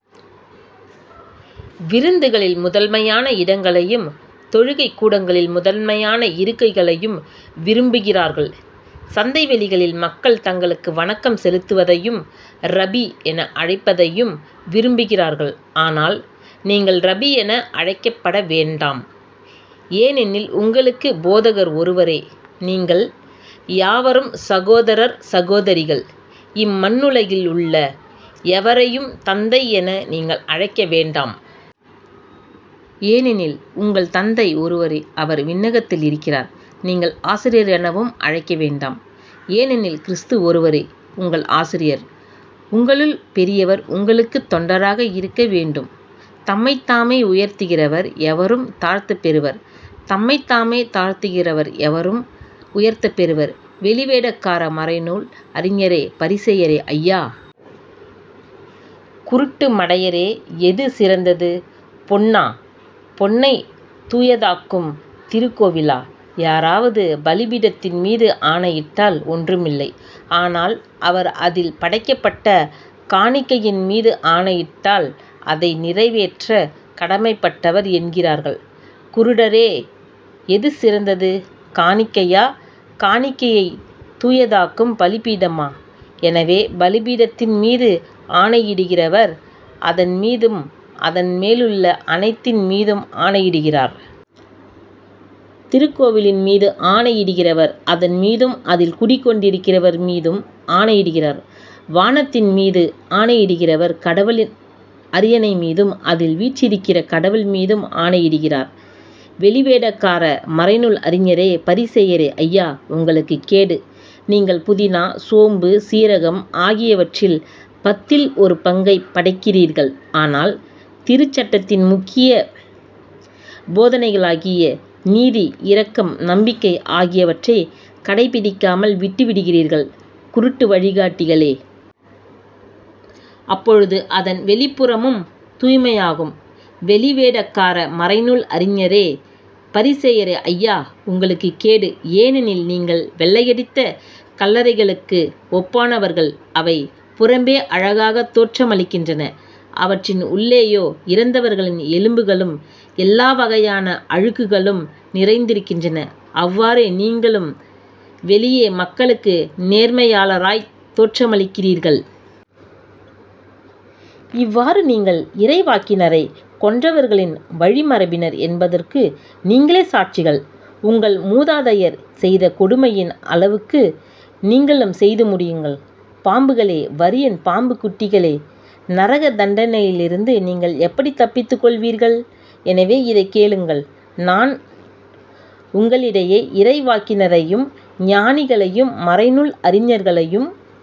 விருந்துகளில் முதன்மையான இடங்களையும் தொழுகைக் கூடங்களில் முதன்மையான இருக்கைகளையும் விரும்புகின்றார்கள். சந்தைவெளிகளில் மக்கள் தங்களுக்கு வணக்கம் செலுத்துவதையும் ரபி என அழைப்பதையும் விரும்புகிறார்கள். ஆனால் நீங்கள் ரபி என அழைக்கப்பட வேண்டாம். ஏனெனில் உங்களுக்குப் போதகர் ஒருவரே. நீங்கள் யாவரும் சகோதரர் சகோதரிகள். இம்மண்ணுலகில் உள்ள எவரையும் தந்தை என நீங்கள் அழைக்க வேண்டாம். ஏனெனில் உங்கள் தந்தை ஒருவரே. அவர் விண்ணகத்தில் இருக்கிறார். நீங்கள் ஆசிரியர் எனவும் அழைக்க வேண்டாம். ஏனெனில் கிறிஸது ஒருவரே உங்கள் ஆசிரியர். உங்களுள் பெரியவர் உங்களுக்குத் தொண்டராக இருக்க வேண்டும். தம்மைத்தாமே உயர்த்துகிறவர் எவரும் தாழ்த்தப்பெறுவர். தம்மைத்தாமே தாழ்த்துகிறவர் எவரும் உயர்த்தப்பெறுவர். வெளிவேடக்கார மறைநூல் அறிஞரே பரிசேயரே ஐயோ. குருட்டு மடையரே. எது சிறந்தது? பொன்னா? பொன்னைத் தூயதாக்கும் திருக்கோவிலா? யாராவது பலிபீடத்தின்மீது ஆணையிட்டால் ஒன்றுமில்லை ஆனால் அவர் அதில் படைக்கப்பட்ட காணிக்கையின்மீது ஆணையிட்டால் அதை நிறைவேற்றக் கடமைப்பட்டவர் என்கிறீர்கள். குருடரே. எது சிறந்தது? காணிக்கையா? காணிக்கையைத் தூயதாக்கும் பலிபீடமா? எனவே பலிபீடத்தின்மீது ஆணையிடுகிறவர் அதன்மீதும் அதன்மேலுள்ள அனைத்தின்மீதும் ஆணையிடுகிறார். திருக்கோவிலின்மீது ஆணையிடுகிறவர் அதன்மீதும் அதில் குடிகொண்டிருக்கிறவர்மீதும் ஆணையிடுகிறார். வானத்தின் மீது ஆணையிடுகிறவர் கடவுளின் அரியணைமீதும் அதில் வீற்றிருக்கிற கடவுள்மீதும் ஆணையிடுகிறார். வெளிவேடக்கார மறைநூல் அறிஞரே பரிசேயரே ஐயோ. உங்களுக்குக் கேடு. நீங்கள் புதினா சோம்பு சீரகம் ஆகியவற்றில் பத்தில் ஒரு பங்கைப் படைக்கிறீர்கள். ஆனால் திருச்சட்டத்தின் முக்கிய போதனைகளாகிய நீதி இரக்கம் நம்பிக்கை ஆகியவற்றைக் கடைப்பிடிக்காமல் விட்டு விடுகிறீர்கள் குருட்டு வழிகாட்டிகளே. அப்பொழுது அதன் வெளிப்புறமும் தூய்மையாகும். வெளிவேடக்கார மறைநூல் அறிஞரே பரிசேயரே ஐயோ. உங்களுக்குக் கேடு. ஏனெனில் நீங்கள் வெள்ளையடித்த கல்லறைகளுக்கு ஒப்பானவர்கள். அவை புறம்பே அழகாகத் தோற்றமளிக்கின்றன அவற்றின் உள்ளேயோ இறந்தவர்களின் எலும்புகளும் எல்லாவகையான அழுக்குகளும் நிறைந்திருக்கின்றன. அவ்வாறே நீங்களும் வெளியே மக்களுக்கு நேர்மையாளராய்த் தோற்றமளிக்கிறீர்கள். இவ்வாறு நீங்கள் இறைவாக்கினரைக் கொன்றவர்களின் வழிமரபினர் என்பதற்கு நீங்களே சாட்சிகள். உங்கள் முதாதையர் செய்த கொடுமையின் அளவுக்கு நீங்களும் செய்து முடியுங்கள். பாம்புகளே வரியன் பாம்புக் குட்டிகளே நரகத் தண்டனையிலிருந்து நீங்கள் எப்படித் தப்பித்துக்கொள்வீர்கள்? எனவே இதைக் கேளுங்கள். நான் உங்களிடையே இறைவாக்கினரையும் ஞானிகளையும் மறைநூல் அறிஞர்களையும்